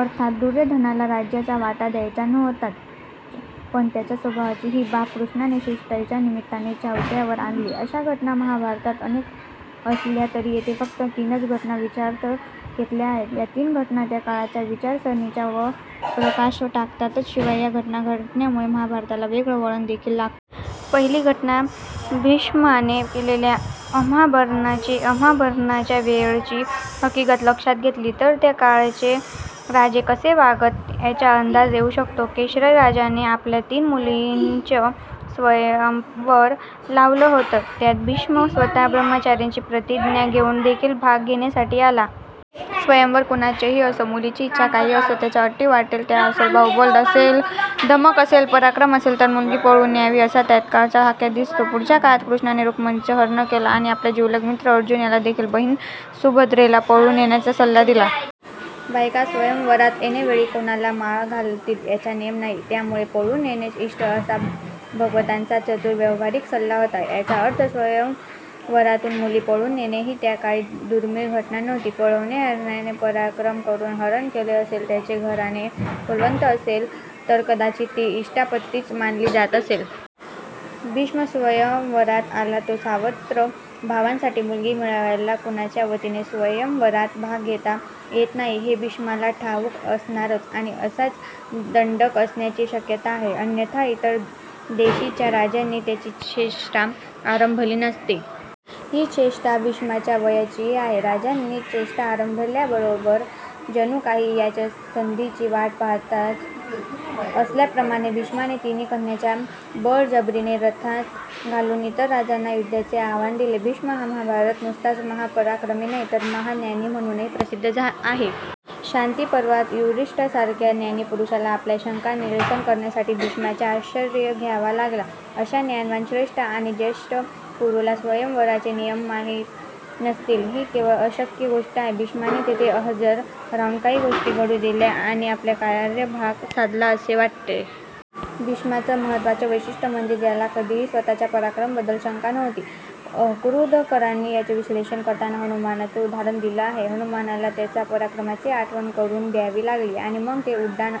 अर्थात दुर्योधनाला राज्याचा वाटा द्यायचा नव्हताच. पण त्याच्या स्वभावाची ही बाब कृष्णाने शिष्टाईच्या निमित्ताने चव्हाट्यावर आणली. अशा घटना महाभारतात अनेक असल्या तरी येथे फक्त तीनच घटना विचारार्थ घेतल्या आहेत. या तीन घटना त्या काळच्या विचारसरणीवर तर प्रकाश टाकतातच शिवाय या घटना घडल्यामुळे महाभारताला वेगळं वळण देखिल लागतं. पहिली घटना भीष्माने केलेल्या अम्बाहरणाची. अम्बाहरणाच्या वेळची हकीकत लक्षात घेतली तर त्या काळचे राजे कसे वागत याचा अंदाज येऊ शकतो. केशीराजाने आपल्या तीन मुलींचं स्वयंवर लावलं होतं. त्यात भीष्म स्वतः ब्रह्मचर्याची प्रतिज्ञा घेऊन देखिल भाग घेण्यासाठी आला. स्वयंवर कुणाचंही असो. मुलीची इच्छा काहीही असो. त्याच्या अटी वाट्टेल त्या असोत. बाहुबल असेल, धमक असेल, पराक्रम असेल तर मुलगी पळवुन न्यावी असा त्याकाळचा खाक्या दिसतो. पुढच्या काळात कृष्णाने रुक्मिणीचं हरण केलं आणि आपला जिवलग मित्र अर्जुन याला देखिल बहिण सुभद्रेला पळवुन नेण्याचा सल्ला दिला. बायका स्वयंवरात ऐनवेळी कुणाला माळ घालतील याचा नेम नाही त्यामुळे पळवुन नेणेच इष्ट असा भगवंताचा चतुर, व्यावहारिक सल्ला होता. याचा अर्थ स्वयंवरातुन मुली पळवुन नेणे ही त्याकाळी दुर्मिळ घटना नव्हती. पळवणार्याने पराक्रम करुन हरण केले असेल, त्याचे घराणे कुलवंत असेल तर कदाचित ती इष्टापत्तीच मानली जात असेल. भीष्म स्वयंवरात आला तो सावत्र भावांसाठी मुलगी मिळवायला. कुणाच्या वतीने स्वयंवरात भाग घेता येत नाही हे भीष्माला ठाऊक असणारच. आणि असाच दंडक असण्याची शक्यता आहे. अन्यथा इतर देशीच्या रा़जांनी त्याची चेष्टा आरंभली नसती. ही चेष्टा भीष्माच्या वयाचीही आहे. राजांनी चेष्टा आरंभल्याबरोबर जणुकाही याच संधीची वाट पाहात असल्याप्रमाणे भीष्माने तिन्ही कन्यांना बळजबरीने रथात घालुन इतर राजांना युद्धाचे आव्हान दिले. भीष्म हा महाभारतात नुसताच महापराक्रमी नाही तर महाज्ञानी म्हणुनही प्रसिद्ध आहे. शांतीपर्वात युधिष्ठीरासारख्या ज्ञानी पुरुषाला आपल्या शंका निरसन करण्यासाठी भीष्माचा आश्रय घ्यावा लागला. अशा ज्ञानवान, श्रेष्ठ आणि ज्येष्ठ कुरुला स्वयंवराचे नियम माहित नसतील ही केवळ अशक्य गोष्ट आहे. भीष्माने तेथे हजर राहुन काही गोष्टी घडु दिल्या आणि आपला कार्यभाग साधला असे वाटते. भीष्माचं महत्त्वाचं वैशिष्ट्य म्हणजे त्याला कधीही स्वतःच्या पराक्रमाबद्दल शंका नव्हती. कुरुंदकरांनी याचं विश्लेषण करताना हनुमानाचं उदाहरण दिलं आहे. हनुमानाला त्याच्या पराक्रमाची आठवण करुन द्यावी लागली आणि मग ते उड्डाण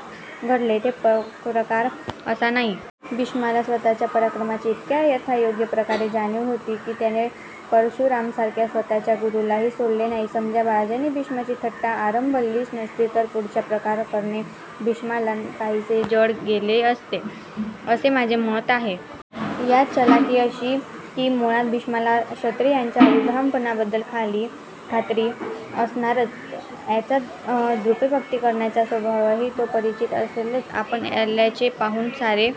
घडले. इथे प्रकार तसा नाही. भीष्माला स्वतःच्या पराक्रमाची इतक्या यथायोग्य प्रकारे जाणीव होती की त्याने परशुरामासारख्या स्वतःच्या गुरुलाही सोडले नाही. समजा राजांनी भीष्माची थट्टा आरंभलीच नसती तर पुढचा प्रकार करणे भीष्माला काहीसे जड गेले असते असे माझे मत आहे. यात चलाखि अशी कि मुळात भीष्माला क्षत्रियांच्या उद्दामपणाबद्दल खात्री असणारच. त्यांच्या दर्पोक्ती करण्याच्या स्वभावाशीही तो परिचित असेलच. आपण आल्याचे पाहुन सारे